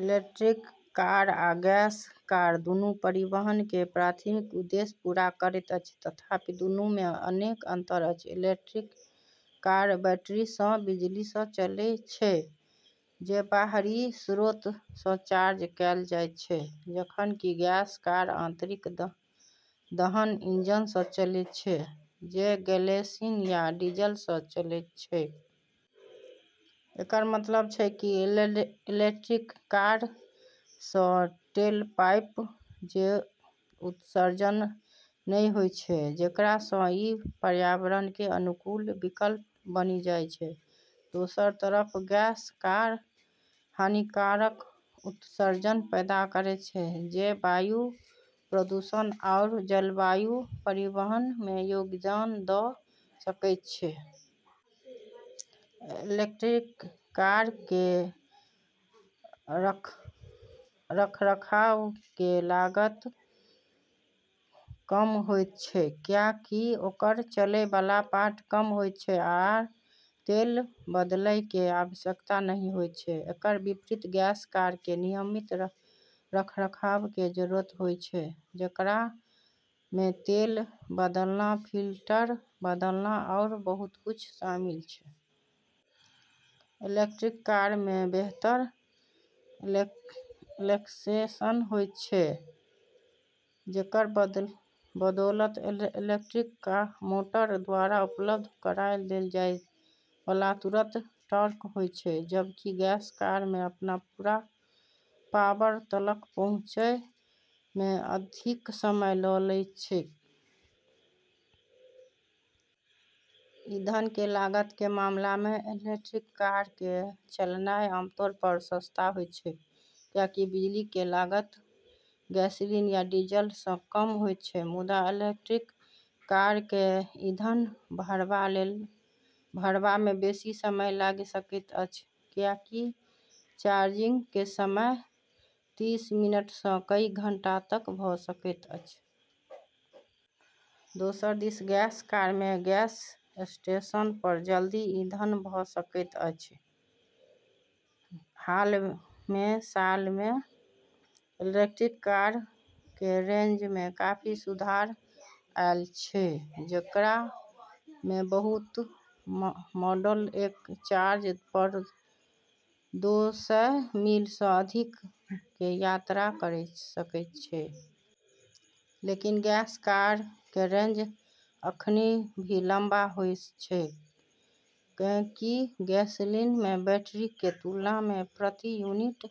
Electric car आ gas car दुनू परिवहन के प्राथमिक उद्देश्य पूरा करैत अछि, तथापि दुनू मे अनेक अंतर अछि। इलेक्ट्रिक कार बैटरी सँ बिजली सँ चलै छै जे बाहरी स्रोत सँ चार्ज कैल जाइत छै, जखन कि गैस कार आंतरिक दहन इंजन सँ चलै छै जे गैसोलीन या डीजल सँ चलै छै। एकर मतलब छै कि इलेक्ट्रिक कार सँ टेलपाइप के उत्सर्जन नै होय छै, जेकरा सँ ई पर्यावरण के अनुकूल विकल्प बनी जाय छै। दोसर तरफ गैस कार हानिकारक उत्सर्जन पैदा करै छै जे वायु प्रदूषण आरू जलवायु परिवर्तन मे योगदान दऽ सकै छै। इलेक्ट्रिक कार के रखरखाव के लागत कम होयत छै, कियाकि ओकर चलैय वाला पार्ट कम होयत छै आ तेल बदलय के आवश्यकता नहि होयत छै। एकर विपरीत गैस कार के नियमित रखरखाव के जरूरत होय छै, जेकरा म॑ तेल बदलना, फिल्टर बदलना, आरू बहुत कुछ शामिल छै। इलेक्ट्रिक कार मे बेहतर एक्सेलरेशन होय छै, जेकर बदौलत इलेक्ट्रिक मोटर द्वारा उपलब्ध कराय देल जाय वाला तुरंत टॉर्क होय छै, जबकि गैस कार मे अपन पूरा पावर तलक पहुँचै म॑ अधिक समय लगऽ सकै छै। ईंधन के लागत के मामला मे, इलेक्ट्रिक कार के चलनाय आमतौर पर सस्ता होयत छै, कियाकि बिजली के लागत गैसोलीन या डीजल सँ कम होयत छै। मुदा इलेक्ट्रिक कार कए ईंधन भरबा मे बेसी समय लागि सकैत अछि, कियाकि चार्जिंग के समय [तीस] मिनट सँ कई घंटा तक भऽ सकैत अछि। दोसर दिस गैस कार मे गैस स्टेशन पर जल्दी ईंधन भऽ सकैत अछि। हाल के साल मे इलेक्ट्रिक कार के रेंज मे काफी सुधार ऐल छै, जेकरा मे अब बहुत मॉडल एक चार्ज पर [दो सय] मील सँ भी अधिक के यात्रा करी सकै छै। लेकिन गैस कार के रेंज अखनी भी लम्बा होय छै, कैन्हेंकि गैसोलीन मे बैटरी के तुलना म॑ प्रति यूनिट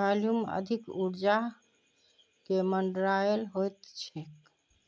वॉल्यूम अधिक ऊर्जा के भंडारण होइत छै।